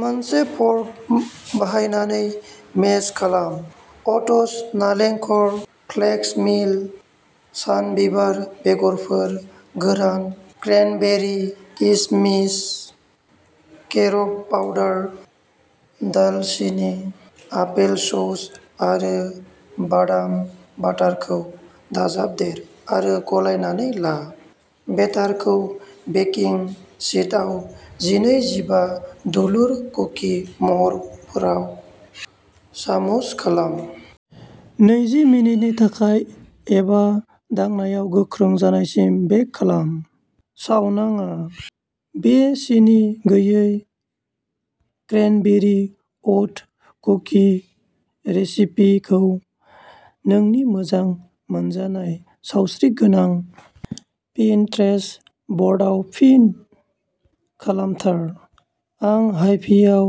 मोनसे फर्क बाहायनानै मेस खालाम। अट्स, नालेंखर, फ्लेक्स मिल, सानबिबार बेगरफोर, गोरान क्रेनबेरि, किसमिस, केरब पाउडार, दालसिनि, आपेलसस आरो बादाम बाटारखौ दाजाबदेर आरो गलायनानै ला। बेटारखौ बेकिं शीटआव जिनै जिबा दुलुर कुकि महरफोराव सामुस खालाम। नैजि मिनिटनि थाखाय एबा दांनायाव गोख्रों जानायसिम बेक खालाम। सावनाङा। बे सिनि गैयै क्रेनबेरि अट कुकि रेसिपिखौ नोंनि मोजां मोनजानाय सावस्रिगोनां पिनट्रेस्ट बर्डआव पिन खालामथार। आं हाइभिआव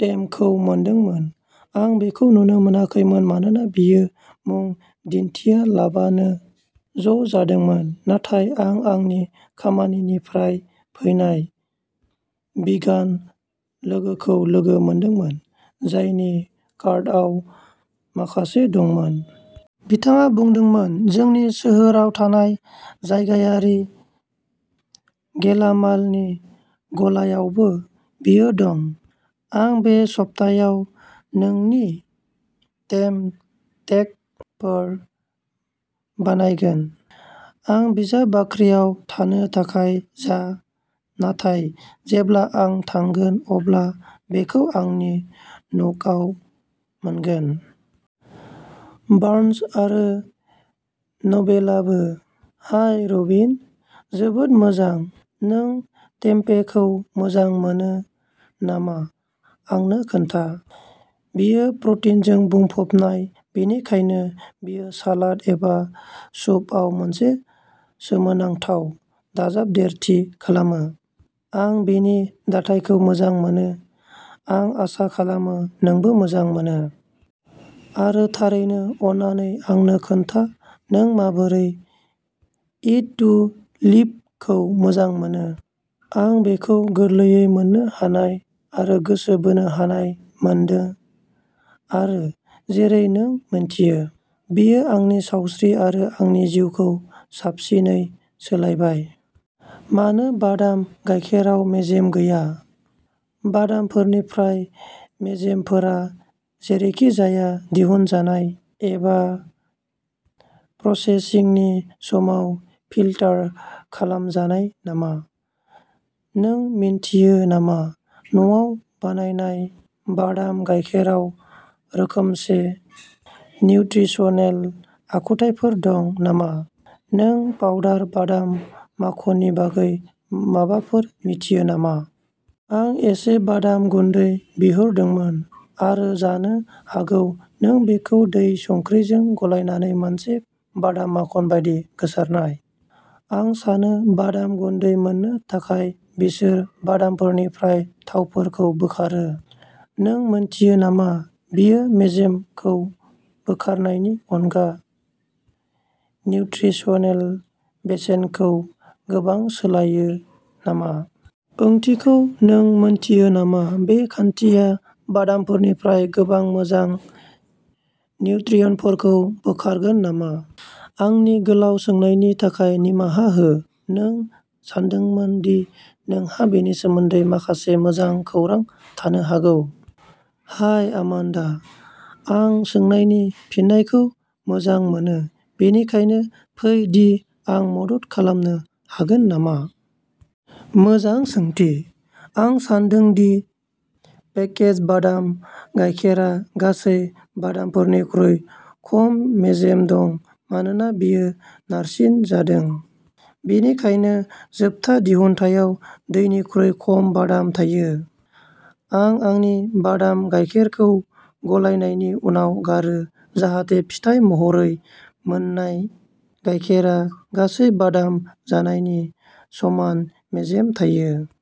टेम्पेखौ मोनदोंमोन, आं बेखौ नुनो मोनाखैमोन मानोना बेयो मुं दिन्थियालाबानो ज' जादोंमोन, नाथाय आं आंनि खामानिनिफ्राय फैनाय भिगान लोगोखौ लोगो मोनदोंमोन, जायनि कार्टआव माखासे दंमोन। बिथाङा बुंदोंमोन जोंनि सोहोराव थानाय जायगायारि गेलामालनि गलायावबो बेयो दं, आं बे सप्तायाव नोंनि टेम्प टेक' फोर बानायगोन। आं बिजाब बाख्रियाव थानो थाखाय जा, नाथाय जेब्ला आं थांगोन अब्ला बेखौ आंनि नुकआव मोनगोन। बार्न्स आरो नबेलाबो। हाय रबिन। जोबोद मोजां, नों टेम्पेखौ मोजां मोनो नामा आंनो खोन्था। बेयो प्रटिनजों बुंफबनाय, बेनिखायनो बेयो सालाद एबा सुपआव मोनसे सोमोनांथाव दाजाबदेरथि खालामो। आं बेनि दाथायखौ मोजां मोनो, आं आसा खालामो नोंबो मोजां मोनो। आरो थारैनो, अन्नानै आंनो खोन्था नों माबोरै इट टु लिभखौ मोजां मोनो। आं बेखौ गोरलैयै मोननो हानाय आरो गोसो बोनो हानाय मोनदों आरो, जेरै नों मिथियो, बेयो आंनि सावस्रि आरो आंनि जिउखौ साबसिनै सोलायबाय। मानो बादाम गायखेराव मेजेम गैया? बादामफोरनिफ्राय मेजेमफोरा जेरैखिजाया दिहुनजानाय एबा प्रसेसिंनि समाव फिल्टार खालामजानाय नामा? नों मिन्थियो नामा न'आव बानायनाय बादाम गायखेराव रोखोमसे निउत्रिसनेल आखुथायफोर दं नामा? नों पाउडार बादाम माखननि बागै माबाफोर मिथियो नामा? आं इसे बादाम गुन्दै बिहरदोंमोन, आरो जानो हागौ नों बेखौ दै संख्रिजों गलायनानै मोनसे बादाम माखन बायदि गोसारनाय। आं सानो बादाम गुन्दै मोननो थाखाय बिसोर बादामफोरनिफ्राय थावफोरखौ बोखारो। नों मिन्थियो नामा, बेयो मेजेमखौ बोखारनायनि अनगा निउत्रिसनेल बेसेनखौ गोबां सोलायो नामा? ओंथिखौ नों मिन्थियो नामा? बे खान्थिया बादामफोरनिफ्राय गोबां मोजां निउट्रियन्टफोरखौ बोखारगोन नामा? आंनि गोलाव सोंनायनि थाखाय निमाहा हो, नों सानदोंमोन दि नोंहा बेनि सोमोन्दै माखासे मोजां खौरां थानो हागौ। हाय आमान्डा, आं सोंनायनि फिननायखौ मोजां मोनो, बेनिखायनो फै दि आं मदद खालामनो हागोन नामा? मोजां सोंथि, आं सान्दों दि पेकेज्ड बादाम गायखेरा गासै बादामफोरनिख्रुइ खम मेजेम दं मानोना बेयो नारसिनजादों। बेनिखायनो, जोबथा दिहुनथायाव दैनिख्रुइ खम बादाम थायो। आं आंनि बादाम गायखेरखौ गलायनायनि उनाव गारो, जाहाथे फिथाय महरै मोननाय गायखेरा गासै बादाम जानायनि समान मेजेम थायो।